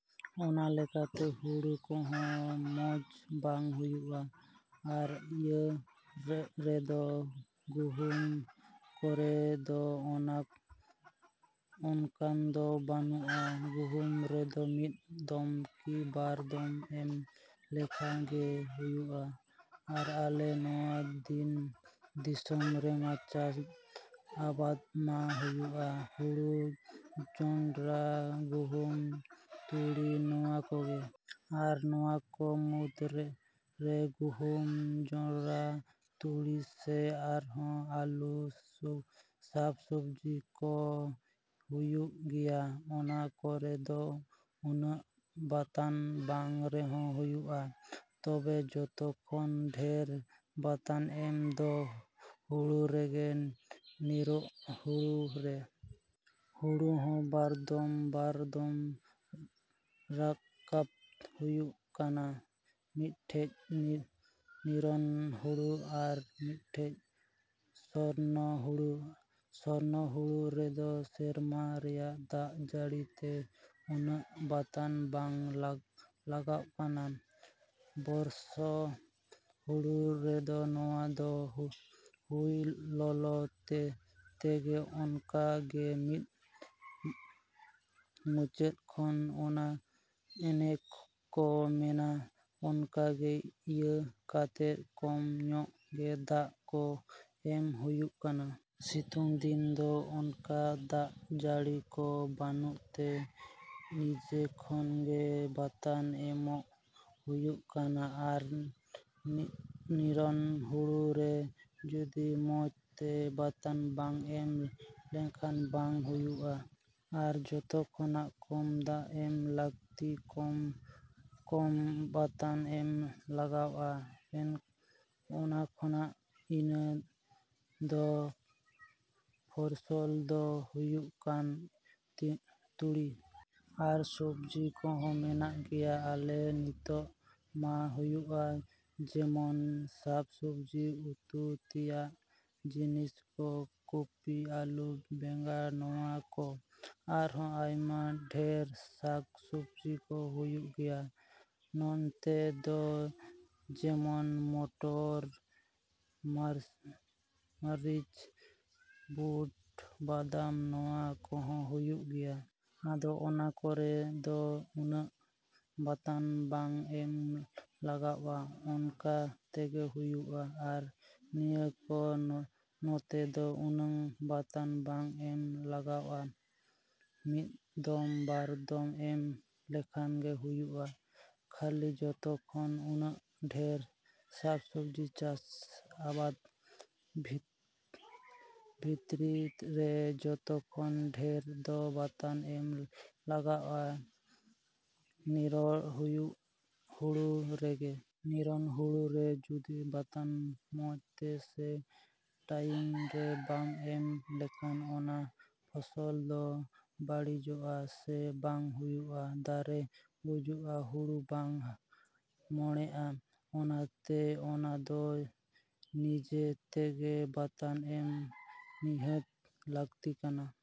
ᱚᱱᱟ ᱞᱮᱠᱟᱛᱮ ᱦᱩᱲᱩ ᱠᱚᱦᱚᱸ ᱢᱚᱡᱽ ᱵᱟᱝ ᱦᱩᱭᱩᱜᱼᱟ᱾ ᱟᱨ ᱤᱭᱟᱹ ᱨᱮᱫᱚ, ᱜᱩᱦᱩᱢ ᱠᱚᱨᱮᱫᱚ ᱚᱱᱠᱟ ᱫᱚ ᱵᱟᱹᱱᱩᱜᱼᱟ᱾ ᱜᱩᱦᱩᱢ ᱨᱮᱫᱚ ᱢᱤᱫ ᱫᱚᱢ ᱠᱤ ᱵᱟᱨ ᱫᱚᱢ ᱮᱢ ᱞᱮᱠᱷᱟᱡ ᱜᱮ ᱦᱩᱭᱩᱜᱼᱟ᱾ ᱟᱨ ᱟᱞᱮ ᱱᱚᱣᱟ ᱫᱤᱥᱚᱢ ᱨᱮᱢᱟ ᱪᱟᱥ ᱟᱵᱟᱫ ᱢᱟ ᱦᱩᱭᱩᱜᱼᱟ, ᱦᱩᱲᱩ, ᱡᱚᱱᱰᱨᱟ, ᱜᱩᱦᱩᱢ, ᱛᱩᱲᱤ ᱱᱚᱣᱟ ᱠᱚᱜᱮ᱾ ᱟᱨ ᱱᱚᱣᱟ ᱠᱚ ᱢᱩᱫᱽᱨᱮ ᱜᱩᱦᱩᱢ, ᱡᱚᱱᱰᱨᱟ, ᱛᱩᱲᱤ ᱥᱮ ᱟᱨᱦᱚᱸ ᱟᱹᱞᱩ, ᱥᱟᱠᱼᱥᱚᱵᱽᱡᱤ ᱠᱚ ᱦᱤᱭᱩᱜ ᱜᱮᱭᱟ᱾ ᱚᱱᱟ ᱠᱚᱨᱮ ᱫᱚ ᱩᱱᱟᱹᱜ ᱵᱟᱛᱟᱱ ᱵᱟᱝ ᱨᱮᱦᱚᱸ ᱦᱩᱭᱩᱜᱼᱟ᱾ ᱛᱚᱵᱮ ᱡᱚᱛᱚ ᱠᱷᱚᱱ ᱰᱷᱮᱨ ᱵᱟᱛᱟᱱ ᱮᱢ ᱫᱚ ᱦᱩᱲᱩ ᱨᱮᱜᱮ, ᱱᱤᱨᱚᱜ ᱦᱩᱲᱩ ᱨᱮ᱾ ᱦᱩᱲᱩ ᱦᱚᱸ ᱵᱟᱨ ᱫᱚᱢ, ᱵᱟᱨ ᱫᱚᱢ ᱨᱟᱠᱟᱵᱽ ᱦᱩᱭᱩᱜ ᱠᱟᱱᱟ᱾ ᱢᱤᱫᱴᱮᱡ ᱱᱤᱨᱚᱱ ᱦᱩᱲᱩ ᱟᱨ ᱢᱤᱫᱴᱮᱡ ᱥᱚᱨᱱᱚ ᱦᱩᱲᱩ᱾ ᱥᱚᱨᱱᱚ ᱦᱩᱲᱩ ᱨᱮᱫᱚ ᱥᱮᱨᱢᱟ ᱨᱮᱭᱟᱜ ᱫᱟᱜ ᱡᱟᱹᱲᱤᱛᱮ ᱩᱱᱟᱹᱜ ᱵᱟᱛᱟᱱ ᱵᱟᱝ ᱞᱟᱜᱟᱜ ᱠᱟᱱᱟ᱾ ᱵᱚᱨᱥᱟ ᱦᱩᱲᱩ ᱨᱮᱫᱚ ᱱᱚᱣᱟ ᱫᱚ ᱦᱚᱭ ᱞᱚᱞᱚ ᱛᱮᱜᱮ ᱚᱱᱠᱟ ᱜᱮ ᱢᱤᱫ ᱢᱩᱪᱟᱹᱫ ᱠᱷᱚᱱ ᱚᱱᱮ ᱠᱚ ᱢᱮᱱᱟ, ᱚᱱᱠᱟ ᱜᱮ ᱤᱭᱟᱹ ᱠᱟᱛᱮᱫ ᱠᱚᱢ ᱧᱚᱜ ᱜᱮ ᱫᱟᱜ ᱠᱚ ᱮᱢ ᱦᱩᱭᱩᱜ ᱠᱟᱱᱟ᱾ ᱥᱤᱛᱩᱝ ᱫᱤᱱ ᱫᱚ ᱚᱱᱠᱟ ᱫᱟᱜ ᱡᱟᱹᱲᱤ ᱠᱚ ᱵᱟᱹᱱᱩᱜ ᱛᱮ, ᱱᱤᱡᱮ ᱠᱷᱚᱱ ᱜᱮ ᱵᱟᱛᱟᱱ ᱮᱢᱚᱜ ᱦᱩᱭᱩᱜ ᱠᱟᱱᱟ᱾ ᱟᱨ ᱱᱤᱨᱚᱱ ᱦᱩᱲᱩ ᱨᱮ ᱡᱩᱫᱤ ᱢᱚᱡᱽ ᱛᱮ ᱵᱟᱛᱟᱱ ᱵᱟᱝ ᱮᱢ ᱞᱮᱠᱷᱟᱱ ᱵᱟᱝ ᱦᱩᱭᱩᱜᱼᱟ᱾ ᱟᱨ ᱡᱚᱛᱚ ᱠᱷᱚᱱᱟᱜ ᱠᱚᱢ ᱫᱟᱜ ᱮᱢ ᱞᱟᱹᱠᱛᱤ, ᱠᱚᱢ ᱠᱚᱢ ᱵᱟᱛᱟᱱ ᱮᱢ ᱞᱟᱜᱟᱜᱼᱟ ᱚᱱᱠᱟᱱᱟᱜ ᱤᱭᱟᱹ ᱫᱚ ᱯᱷᱚᱥᱚᱞ ᱫᱚ ᱦᱩᱭᱩᱜ ᱠᱟᱱᱟ ᱛᱩᱲᱤ᱾ ᱟᱨ ᱥᱚᱵᱽᱡᱤ ᱠᱚᱦᱚᱸ ᱢᱮᱱᱟᱜ ᱜᱮᱭᱟ, ᱟᱞᱮ ᱱᱚᱛᱮ ᱢᱟ ᱦᱩᱭᱩᱜᱼᱟ ᱡᱮᱢᱚᱱ ᱥᱟᱠ ᱥᱚᱵᱽᱡᱤ, ᱩᱛᱩ ᱛᱮᱭᱟᱜ ᱡᱤᱱᱤᱥ ᱠᱚ, ᱠᱚᱯᱤ, ᱟᱹᱞᱩ, ᱵᱮᱸᱜᱟᱲ ᱱᱚᱣᱟ ᱠᱚ᱾ ᱟᱨᱦᱚᱸ ᱟᱭᱢᱟ ᱰᱷᱮᱨ ᱥᱟᱠ ᱥᱚᱵᱽᱡᱤ ᱠᱚ ᱦᱩᱭᱩᱜ ᱜᱮᱭᱟ ᱱᱚᱱᱛᱮ ᱫᱚ ᱡᱮᱢᱚᱱ ᱢᱚᱴᱚᱨ, ᱢᱟᱹᱥᱨᱤ, ᱵᱩᱴ, ᱵᱟᱫᱟᱢ ᱱᱚᱣᱟ ᱠᱚᱦᱚᱸ ᱦᱩᱭᱩᱜ ᱜᱮᱭᱟ᱾ ᱟᱫᱚ ᱚᱱᱟ ᱠᱚᱨᱮ ᱫᱚ ᱩᱱᱟᱹᱜ ᱵᱟᱛᱟᱱ ᱵᱟᱝ ᱮᱢ ᱞᱟᱜᱟᱜᱼᱟ᱾ ᱚᱱᱠᱟ ᱛᱮᱜᱮ ᱦᱩᱭᱩᱜᱼᱟ᱾ ᱟᱨ ᱱᱤᱭᱟᱹ ᱠᱚ ᱱᱚᱛᱮ ᱫᱚ ᱩᱱᱟᱹᱜ ᱵᱟᱛᱟᱱ ᱵᱟᱝ ᱮᱢ ᱞᱟᱜᱟᱜᱼᱟ, ᱢᱤᱫ ᱫᱚᱢ, ᱵᱟᱨ ᱫᱚᱢ ᱮᱢ ᱞᱮᱠᱷᱟᱡ ᱜᱮ ᱦᱩᱭᱩᱜᱼᱟ᱾ ᱠᱷᱟᱹᱞᱤ ᱡᱚᱛᱚ ᱠᱷᱚᱱ ᱩᱱᱟᱹᱜ ᱰᱷᱮᱨ ᱥᱟᱠᱼᱥᱚᱵᱽᱡᱤ ᱪᱟᱥ ᱟᱵᱟᱫ ᱵᱷᱤᱛᱨᱤ ᱨᱮ ᱡᱚᱛᱚ ᱠᱷᱚᱱ ᱰᱷᱮᱨ ᱫᱚ ᱵᱟᱛᱟᱱ ᱮᱢ ᱞᱟᱜᱟᱜᱼᱟ ᱱᱤᱨᱚᱱ ᱦᱩᱲᱩ ᱨᱮᱜᱮ᱾ ᱱᱤᱨᱚᱱ ᱦᱩᱲᱩ ᱨᱮ ᱡᱩᱫᱤ ᱵᱟᱛᱟᱱ ᱢᱚᱡᱽ ᱛᱮ ᱥᱮ ᱴᱟᱭᱤᱢ ᱨᱮ ᱵᱟᱝ ᱮᱢ ᱞᱮᱠᱷᱟᱱ, ᱚᱱᱟ ᱯᱷᱚᱥᱚᱞ ᱫᱚ ᱵᱟᱹᱲᱤᱡᱚᱜ-ᱟ, ᱥᱮ ᱵᱟᱝ ᱦᱩᱭᱩᱜᱼᱟ, ᱫᱟᱨᱮ ᱜᱩᱡᱩᱜᱼᱟ, ᱦᱩᱲᱩ ᱵᱟᱝ ᱢᱚᱲᱟᱜᱼᱟ᱾ ᱚᱱᱟᱛᱮ ᱚᱱᱟᱫᱚ ᱱᱤᱡᱮ ᱛᱮᱜᱮ ᱵᱟᱛᱟᱱ ᱮᱢ ᱱᱤᱦᱟᱹᱛᱤ ᱞᱟᱹᱠᱛᱤ ᱠᱟᱱᱟ